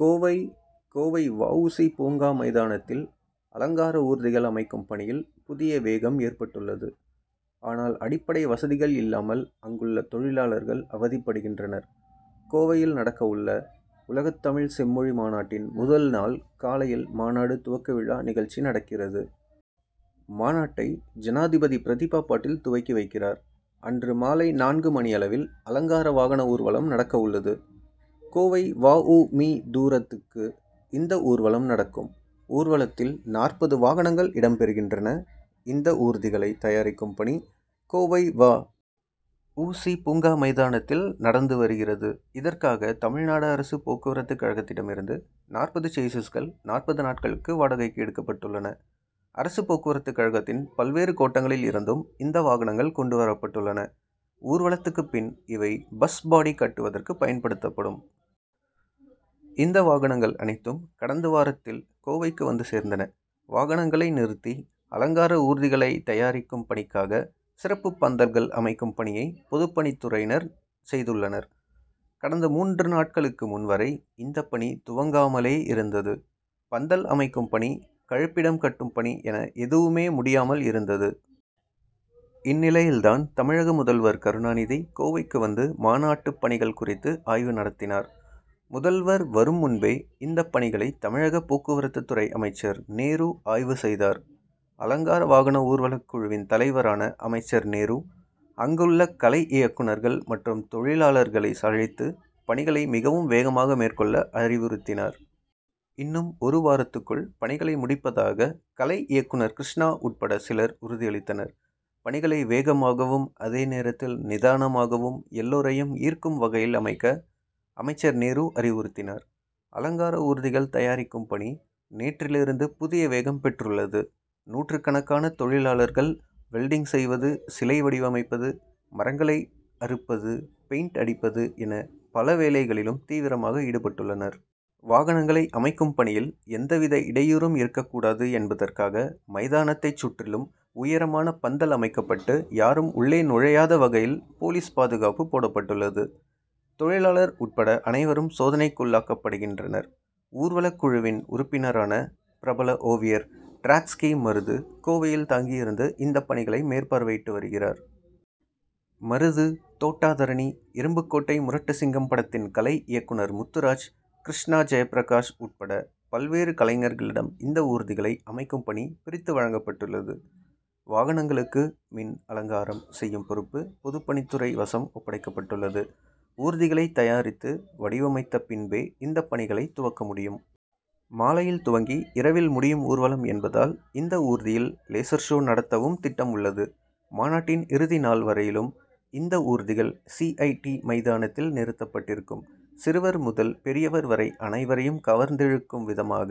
கோவை கோவை வ. உ. சி., பூங்கா மைதானத்தில், அலங்கார ஊர்திகள் அமைக்கும் பணியில் புதிய வேகம் ஏற்பட்டுள்ளது ஆனால், அடிப்படை வசதிகள் இல்லாமல் அங்குள்ள தொழிலாளர்கள் அவதிப்படுகின்றனர். கோவையில் நடக்கவுள்ள உலகத்தமிழ் செம்மொழி மாநாட்டின் முதல் நாள் காலையில் மாநாடு துவக்க விழா நிகழ்ச்சி நடக்கிறது. மாநாட்டை ஜனாதிபதி பிரதிபா பாட்டீல் துவக்கி வைக்கிறார். அன்று மாலை நான்கு மணியளவில், அலங்கார வாகன ஊர்வலம் நடக்கவுள்ளது. கோவை வ. உ. மீ., தூரத்துக்கு இந்த ஊர்வலம் நடக்கும். ஊர்வலத்தில், நாற்பது வாகனங்கள் இடம் பெறுகின்றன. இந்த ஊர்திகளைத் தயாரிக்கும் பணி, கோவை வ. உ. சி., பூங்கா மைதானத்தில் நடந்து வருகிறது. இதற்காக, தமிழ்நாடு அரசு போக்குவரத்துக்கழகத்திடமிருந்து நாற்பது சேஸீஸ்கள், நாற்பது நாட்களுக்கு வாடகைக்கு எடுக்கப்பட்டுள்ளன. அரசு போக்குவரத்துக்கழகத்தின் பல்வேறு கோட்டங்களில் இருந்தும், இந்த வாகனங்கள் கொண்டு வரப்பட்டுள்ளன. ஊர்வலத்துக்குப் பின், இவை பஸ் பாடி' கட்டுவதற்கு பயன் படுத்தப்படும். இந்த வாகனங்கள் அனைத்தும், கடந்த வாரத்தில் கோவைக்கு வந்து சேர்ந்தன. வாகனங்களை நிறுத்தி, அலங்கார ஊர்திகளைத்தயாரிக்கும் பணிக்காக சிறப்புப் பந்தல்கள் அமைக்கும் பணியை, பொதுப்பணித்துறையினர் செய்துள்ளனர். கடந்த மூன்று நாட்களுக்கு முன் வரை, இந்தப் பணி துவங்காமலே இருந்தது. பந்தல் அமைக்கும் பணி, கழிப்பிடம் கட்டும் பணி என எதுவுமே முடியாமல் இருந்தது. இந்நிலையில்தான் தமிழக முதல்வர் கருணாநிதி, கோவைக்கு வந்து, மாநாட்டுப் பணிகள் குறித்து ஆய்வு நடத்தினார். முதல்வர் வரும் முன்பே, இந்த பணிகளை தமிழக போக்குவரத்துத்துறை அமைச்சர் நேரு ஆய்வு செய்தார். அலங்கார வாகன ஊர்வலக் குழுவின் தலைவரான அமைச்சர் நேரு, அங்குள்ள கலை இயக்குனர்கள் மற்றும் தொழிலாளர்களை அழைத்து, பணிகளை மிகவும் வேகமாக மேற்கொள்ள அறிவுறுத்தினார். இன்னும் ஒரு வாரத்துக்குள் பணிகளை முடிப்பதாக கலை இயக்குனர் கிருஷ்ணா உட்பட சிலர் உறுதி அளித்தனர். பணிகளை வேகமாகவும், அதே நேரத்தில் நிதானமாகவும் எல்லோரையும் ஈர்க்கும் வகையில் அமைக்க அமைச்சர் நேரு அறிவுறுத்தினார். அலங்கார ஊர்திகள் தயாரிக்கும் பணி, நேற்றிலிருந்து புதிய வேகம் பெற்றுள்ளது. நூற்றுக்கணக்கான தொழிலாளர்கள், வெல்டிங் செய்வது, சிலை வடிவமைப்பது, மரங்களை அறுப்பது, பெயின்ட் அடிப்பது என பல வேலைகளிலும் தீவிரமாக ஈடுபட்டுள்ளனர். வாகனங்களை அமைக்கும் பணியில், எந்தவித இடையூறும் இருக்கக்கூடாது என்பதற்காக மைதானத்தைச் சுற்றிலும் உயரமான பந்தல் அமைக்கப்பட்டு, யாரும் உள்ளே நுழையாத வகையில் போலீஸ் பாதுகாப்பு போடப்பட்டுள்ளது. தொழிலாளர் உட்பட அனைவரும் சோதனைக்குள்ளாக்கப்படுகின்றனர். ஊர்வலக் குழுவின் உறுப்பினரான பிரபல ஓவியர் டிராட்ஸ்கி மருது, கோவையில் தங்கியிருந்து இந்தப் பணிகளை மேற்பார்வையிட்டு வருகிறார். மருது, தோட்டா தரணி, இரும்புக்கோட்டை முரட்டு சிங்கம் படத்தின் கலை இயக்குனர் முத்துராஜ், கிருஷ்ணா, ஜெயப்பிரகாஷ் உட்பட பல்வேறு கலைஞர்களிடம் இந்த ஊர்திகளை அமைக்கும் பணி, பிரித்து வழங்கப்பட்டுள்ளது. வாகனங்களுக்கு மின் அலங்காரம் செய்யும் பொறுப்பு, பொதுப்பணித்துறை வசம் ஒப்படைக்கப்பட்டுள்ளது. ஊர்திகளைத் தயாரித்து வடிவமைத்தபின்பே, இந்த பணிகளைத் துவக்க முடியும். மாலையில் துவங்கி இரவில் முடியும் ஊர்வலம் என்பதால், இந்த ஊர்தியில் லேசர் ஷா' நடத்தவும் திட்டம் உள்ளது. மாநாட்டின் இறுதி நாள் வரையிலும் இந்த ஊர்திகள், சி. ஐ. டி.,மைதானத்தில் நிறுத்தப்பட்டிருக்கும். சிறுவர் முதல் பெரியவர் வரை அனைவரையும் கவர்ந் திழுக்கும் விதமாக,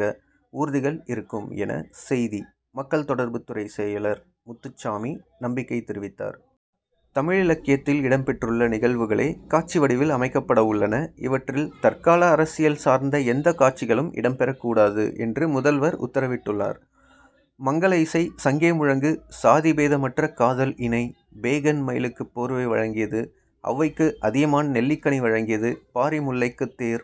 ஊர்திகள் இருக்கும் என, செய்தி மக்கள் தொடர்புத்துறை செயலர் முத்துச்சாமி நம் பிக்கை தெரிவித்தார். தமிழ் இலக்கியத்தில் இடம் பெற்றுள்ள நிகழ்வுகளே, காட்சி வடிவில் அமைக்கப்படவுள்ளன. இவற்றில், தற்கால அரசியல் சார்ந்த எந்தக் காட்சிகளும் இடம் பெறக்கூடாது என்று முதல்வர் உத்தரவிட்டுள்ளார். மங்கள இசை, சங்கே முழங்கு, சாதிபேதமற்ற காதல் இணை, பேகன் மயிலுக்கு போர்வை வழங்கியது, அவ்வைக்கு அதியமான் நெல்லிக்கனி வழங்கியது, பாரி முல்லைக்கு தேர்